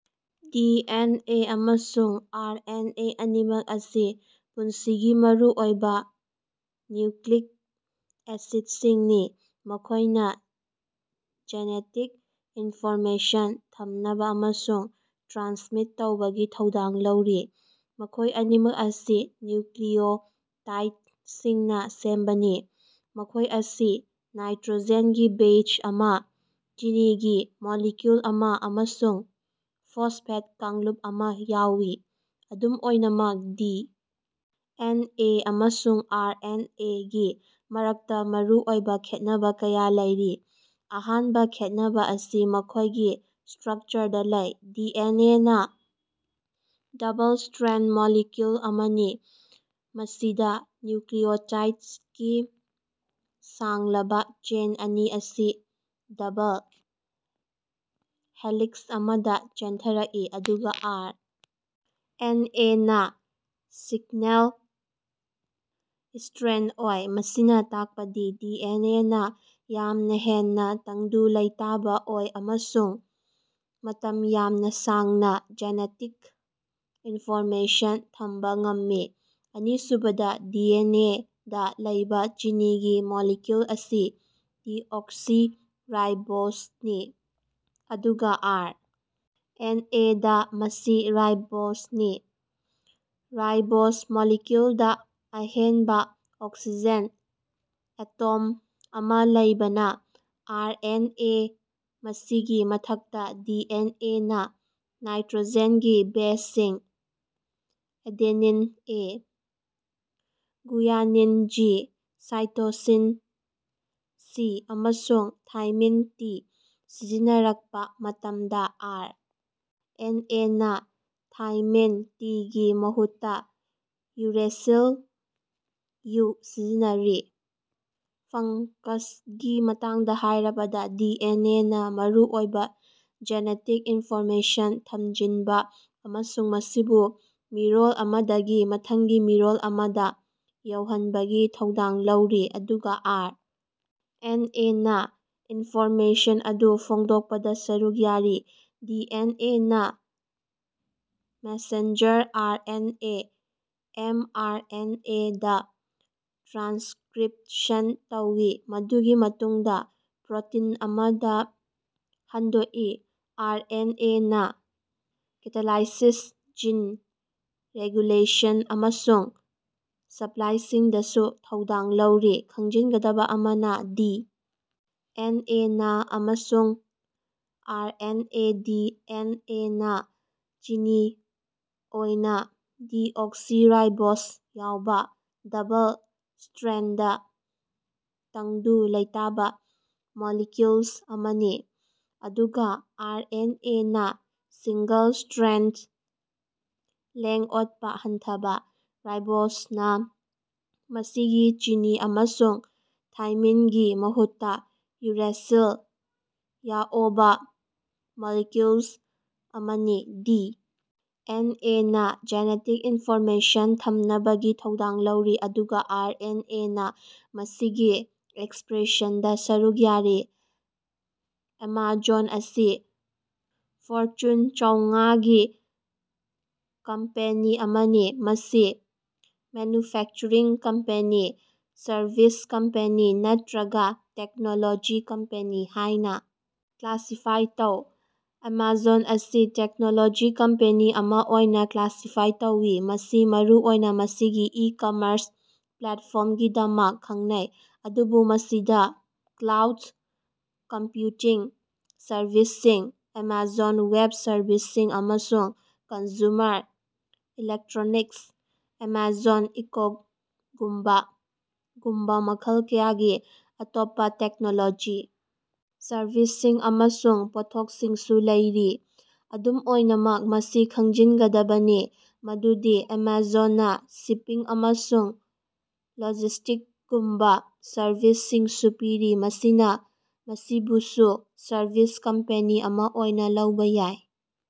D. N. A. ꯑꯃꯁꯨꯡ R. N. A. ꯑꯅꯤꯃꯛ ꯑꯁꯤ ꯄꯨꯟꯁꯤꯒꯤ ꯃꯔꯨꯑꯣꯏꯕ ꯅ꯭ꯌꯨꯀꯂꯤꯛ ꯑꯦꯁꯤꯠꯁꯤꯡꯅꯤ, ꯃꯈꯣꯏꯅꯥ ꯖꯦꯅꯦꯇꯤꯛ ꯏꯟꯐꯣꯔꯃꯦꯁꯟ ꯊꯝꯅꯕꯥ ꯑꯃꯁꯨꯡ ꯇ꯭ꯔꯥꯟꯁꯃꯤꯠ ꯇꯧꯕꯒꯤ ꯊꯧꯗꯥꯡ ꯂꯧꯔꯤ꯫ ꯃꯈꯣꯏ ꯑꯅꯤꯃꯛ ꯑꯁꯤ ꯅ꯭ꯌꯨꯀꯂꯤꯛꯑꯣꯇꯥꯏꯗꯁꯤꯡꯅꯥ ꯁꯦꯝꯕꯅꯤ, ꯃꯈꯣꯏ ꯑꯁꯤ ꯅꯥꯏꯇꯔꯣꯖꯦꯟꯒꯤ ꯕꯦꯖ ꯑꯃ, ꯆꯤꯅꯤꯒꯤ ꯃꯣꯂꯤꯀꯌꯨꯜ ꯑꯃ ꯑꯃꯁꯨꯡ ꯐꯣꯁꯐꯦꯠ ꯀꯥꯡꯂꯨꯞ ꯑꯃ ꯌꯥꯎꯏ꯫ ꯑꯗꯨꯝ ꯑꯣꯏꯅꯃꯛ ꯗꯤ. ꯑꯦꯟ. ꯑꯦ. ꯑꯃꯁꯨꯡ ꯑꯥꯔ. ꯑꯦꯟ. ꯑꯦ. ꯒꯤ ꯃꯔꯛꯇ ꯃꯔꯨꯑꯣꯏꯕ ꯈꯦꯠꯅꯕꯥ ꯀꯌꯥ ꯂꯩꯔꯤ꯫ ꯑꯍꯥꯟꯕ ꯈꯦꯟꯅꯕꯥ ꯑꯁꯤ ꯃꯈꯣꯏꯒꯤ ꯁ꯭ꯇꯔꯛꯆꯔꯗꯥ ꯂꯩ꯫ ꯗꯤ. ꯑꯦꯟ. ꯑꯦ. ꯅꯥ ꯗꯕꯜ-ꯁ꯭ꯇꯔꯦꯟꯗ ꯃꯣꯂꯤꯀꯌꯨꯜ ꯑꯃꯅꯤ, ꯃꯁꯤꯗ ꯅ꯭ꯌꯨꯀꯂꯤꯛꯑꯣꯇꯥꯏꯗꯀꯤ ꯁꯥꯡꯂꯕ ꯆꯦꯟ ꯑꯅꯤ ꯑꯁꯤ ꯗꯕꯜ ꯍꯦꯂꯤꯛꯁ ꯑꯃꯗ ꯆꯦꯟꯊꯔꯛꯏ, ꯑꯗꯨꯒ ꯑꯥꯔ. ꯑꯦꯟ. ꯑꯦ. ꯅꯥ ꯁꯤꯡꯅꯦꯜ-ꯁ꯭ꯇꯔꯦꯟꯗ ꯑꯣꯏ꯫ ꯃꯁꯤꯅ ꯇꯥꯛꯄꯗꯤ ꯗꯤ. ꯑꯦꯟ. ꯑꯦ. ꯅꯥ ꯌꯥꯝꯅ ꯍꯦꯟꯅꯥ ꯇꯪꯗꯨ ꯂꯩꯇꯥꯕ ꯑꯣꯏ ꯑꯃꯁꯨꯡ ꯃꯇꯝ ꯌꯥꯝꯅ ꯁꯥꯡꯅ ꯖꯦꯅꯦꯇꯤꯛ ꯏꯟꯐꯣꯔꯃꯦꯁꯟ ꯊꯝꯕꯥ ꯉꯝꯃꯤ꯫ ꯑꯅꯤꯁꯨꯕꯗꯥ, ꯗꯤ. ꯑꯦꯟ. ꯑꯦ. ꯗꯥ ꯂꯩꯕ ꯆꯤꯅꯤꯒꯤ ꯃꯣꯂꯤꯀꯌꯨꯜ ꯑꯁꯤ ꯗꯤꯑꯣꯛꯁꯤꯔꯥꯏꯕꯣꯖꯅꯤ, ꯑꯗꯨꯒ ꯑꯥꯔ. ꯑꯦꯟ. ꯑꯦ. ꯗꯥ, ꯃꯁꯤ ꯔꯥꯏꯕꯣꯖꯅꯤ꯫ ꯔꯥꯏꯕꯣꯖ ꯃꯣꯂꯤꯀꯌꯨꯜꯗ ꯑꯍꯦꯟꯕ ꯑꯣꯛꯁꯤꯖꯦꯟ ꯑꯦꯇꯣꯝ ꯑꯃ ꯂꯩꯕꯅ ꯑꯥꯔ. ꯑꯦꯟ. ꯑꯦ. ꯃꯁꯤꯒꯤ ꯃꯊꯛꯇ, ꯗꯤ. ꯑꯦꯟ. ꯑꯦ. ꯅꯥ ꯅꯥꯏꯇꯔꯣꯖꯦꯟꯒꯤ ꯕꯦꯖꯁꯤꯡ adenine (A), guanine (G), cytosine (C), ꯑꯃꯁꯨꯡ ꯊꯥꯏꯃꯤꯟ (ꯇꯤ) ꯁꯤꯖꯤꯟꯅꯔꯛꯄꯥ ꯃꯇꯝꯗ, ꯑꯥꯔ. ꯑꯦꯟ. ꯑꯦ. ꯅꯥ ꯊꯥꯏꯃꯤꯟ (ꯇꯤ)ꯒꯤ ꯃꯍꯨꯠꯇ ꯌꯨꯔꯦꯁꯤꯜ (ꯌꯨ) ꯁꯤꯖꯤꯟꯅꯔꯤ꯫ ꯐꯉ꯭ꯀꯁꯉꯤ ꯃꯇꯥꯡꯗ ꯍꯥꯏꯔꯕꯗ, ꯗꯤ. ꯑꯦꯟ. ꯑꯦ. ꯅꯥ ꯃꯔꯨ ꯑꯣꯏꯅ ꯖꯦꯅꯦꯇꯤꯛ ꯏꯟꯐꯣꯔꯃꯦꯁꯟ ꯊꯝꯖꯤꯟꯕ ꯑꯃꯁꯨꯡ ꯃꯁꯤꯕꯨ ꯃꯤꯔꯣꯜ ꯑꯃꯗꯒꯤ ꯃꯊꯪꯒꯤ ꯃꯤꯔꯣꯜ ꯑꯃꯗ ꯌꯧꯍꯟꯕꯒꯤ ꯊꯧꯗꯥꯡ ꯂꯧꯔꯤ, ꯑꯗꯨꯒ ꯑꯥꯔ. ꯑꯦꯟ. ꯑꯦ. ꯅꯥ ꯏꯟꯐꯣꯔꯃꯦꯁꯟ ꯑꯗꯨ ꯐꯣꯡꯗꯣꯛꯄꯗ ꯁꯔꯨꯛ ꯌꯥꯔꯤ꯫ ꯗꯤ. ꯑꯦꯟ. ꯑꯦ. ꯅꯥ messenger R. N. A. (M. R. N. ꯑꯦ.)ꯗꯥ ꯇ꯭ꯔꯥꯟꯁꯀꯔꯤꯞꯁꯟ ꯇꯧꯏ, ꯃꯗꯨꯒꯤ ꯃꯇꯨꯡꯗꯥ ꯄ꯭ꯔꯣꯇꯤꯟ ꯑꯃꯗ ꯍꯟꯗꯣꯛꯏ꯫ ꯑꯥꯔ. ꯑꯦꯟ. ꯑꯦ. ꯅꯥ ꯀꯦꯇꯥꯂꯥꯏꯁꯤꯁ, ꯖꯤꯟ ꯔꯦꯒꯨꯂꯦꯁꯟ ꯑꯃꯁꯨꯡ ꯁ꯭ꯄꯂꯥꯏꯁꯤꯡꯗꯁꯨ ꯊꯧꯗꯥꯡ ꯂꯧꯔꯤ꯫ ꯈꯪꯖꯤꯒꯗꯕꯥ ꯑꯃꯅ, ꯗꯤ. ꯑꯦꯟ. ꯑꯦ. ꯑꯃꯁꯨꯡ R. N. A. D. N. A. ꯅꯥ ꯆꯤꯅꯤ ꯑꯣꯏꯅ ꯗꯤꯑꯣꯛꯁꯤꯔꯥꯏꯕꯣꯖ ꯌꯥꯎꯕ ꯗꯕꯜ-ꯁ꯭ꯇꯔꯦꯟꯗ, ꯇꯪꯗꯨ ꯂꯩꯇꯥꯕ ꯃꯣꯂꯤꯀꯌꯨꯜ ꯑꯃꯅꯤ, ꯑꯗꯨꯒ ꯑꯥꯔ. ꯑꯦꯟ. ꯑꯦ. ꯅꯥ ꯁꯤꯡꯒꯜ-ꯁ꯭ꯇꯔꯦꯟꯗ, ꯂꯦꯡ-ꯑꯣꯠꯄꯥ ꯍꯟꯊꯕꯥ, ꯔꯥꯏꯕꯣꯖꯅ ꯃꯁꯤꯒꯤ ꯆꯤꯅꯤ ꯑꯃꯁꯨꯡ ꯊꯥꯏꯃꯤꯉꯤ ꯃꯍꯨꯠꯇꯥ ꯌꯨꯔꯦꯁꯤꯜ ꯌꯥꯎꯕꯥ ꯃꯣꯂꯤꯛꯌꯨꯜ ꯑꯃꯅꯤ꯫ ꯗꯤ. ꯑꯦꯟ. ꯑꯦ. ꯅꯥ ꯖꯦꯅꯦꯇꯤꯛ ꯏꯅꯐꯣꯔꯃꯦꯁꯟ ꯊꯝꯅꯕꯒꯤ ꯊꯧꯗꯥꯡ ꯂꯧꯔꯤ, ꯑꯗꯨꯒ ꯑꯥꯔ. ꯑꯦꯟ. ꯑꯦ. ꯅꯥ ꯃꯁꯤꯒꯤ ꯑꯦꯛꯁꯄ꯭ꯔꯦꯁꯟꯗꯥ ꯁꯔꯨꯛ ꯌꯥꯔꯤ꯫ ꯑꯦꯃꯥꯖꯣꯟ ꯑꯁꯤ ꯐꯣꯔꯆꯨꯟ ꯆꯧꯉꯥ ꯒꯤ ꯀꯝꯄꯦꯅꯤ ꯑꯃꯅꯤ꯫ ꯃꯁꯤ ꯃꯦꯟꯌꯨꯐꯦꯛꯆꯔꯤꯡ ꯀꯝꯄꯅꯤ, ꯁꯔꯚꯤꯁ ꯀꯝꯄꯅꯤ ꯅꯠꯇꯔꯒ ꯇꯦꯛꯅꯣꯂꯣꯖꯤ ꯀꯝꯄꯅꯤ ꯍꯥꯏꯅ ꯀ꯭ꯂꯥꯁꯤꯐꯥꯏ ꯇꯧ꯫ ꯑꯦꯃꯥꯖꯣꯟ ꯑꯁꯤ ꯇꯦꯛꯅꯣꯂꯣꯖꯤ ꯀꯝꯄꯦꯅꯤ ꯑꯃ ꯑꯣꯏꯅ ꯀ꯭ꯂꯥꯁꯤꯐꯥꯏ ꯇꯧꯏ꯫ ꯃꯁꯤ ꯃꯔꯨꯑꯣꯏꯅ ꯃꯁꯤꯒꯤ ꯏ-ꯀꯃꯔꯁ ꯄ꯭ꯂꯦꯠꯐꯣꯔꯝꯒꯤꯗꯃꯛ ꯈꯪꯅꯩ, ꯑꯗꯨꯕꯨ ꯃꯁꯤꯗ ꯀ꯭ꯂꯥꯎꯗ ꯀꯝꯄꯌꯨꯇꯤꯡ ꯁꯔꯚꯤꯁꯁꯤꯡ (ꯑꯦꯃꯥꯖꯣꯟ ꯋꯦꯕ ꯁꯔꯕꯤꯁꯁꯤꯡ) ꯑꯃꯁꯨꯡ ꯀꯟꯖꯨꯃꯔ ꯏꯂꯦꯛꯇꯔꯣꯅꯤꯛꯁ (ꯑꯦꯃꯥꯖꯣꯟ ꯏꯀꯣꯒꯨꯝꯕꯥ)ꯒꯨꯝꯕꯥ ꯃꯈꯜ ꯀꯌꯥꯒꯤ ꯑꯇꯣꯞꯄꯥ ꯇꯦꯛꯅꯣꯂꯣꯖꯤ ꯁꯔꯚꯤꯁꯁꯤꯡ ꯑꯃꯁꯨꯡ ꯄꯣꯠꯊꯣꯛꯁꯤꯡꯁꯨ ꯂꯩꯔꯤ꯫ ꯑꯗꯨꯝ ꯑꯣꯏꯅꯃꯛ, ꯃꯁꯤ ꯈꯪꯖꯤꯒꯗꯕꯅꯤ ꯃꯗꯨꯗꯤ ꯑꯦꯃꯥꯖꯣꯟꯅꯥ ꯁꯤꯄꯤꯡ ꯑꯃꯁꯨꯡ ꯂꯣꯖꯤꯁ꯭ꯇꯤꯛꯒꯨꯝꯕꯥ ꯁꯔꯚꯤꯁꯁꯤꯡꯁꯨ ꯄꯤꯔꯤ, ꯃꯁꯤꯅ ꯃꯁꯤꯕꯨꯁꯨ ꯁꯔꯚꯤꯁ ꯀꯝꯄꯦꯅꯤ ꯑꯃ ꯑꯣꯏꯅ ꯂꯧꯕ ꯌꯥꯏ꯫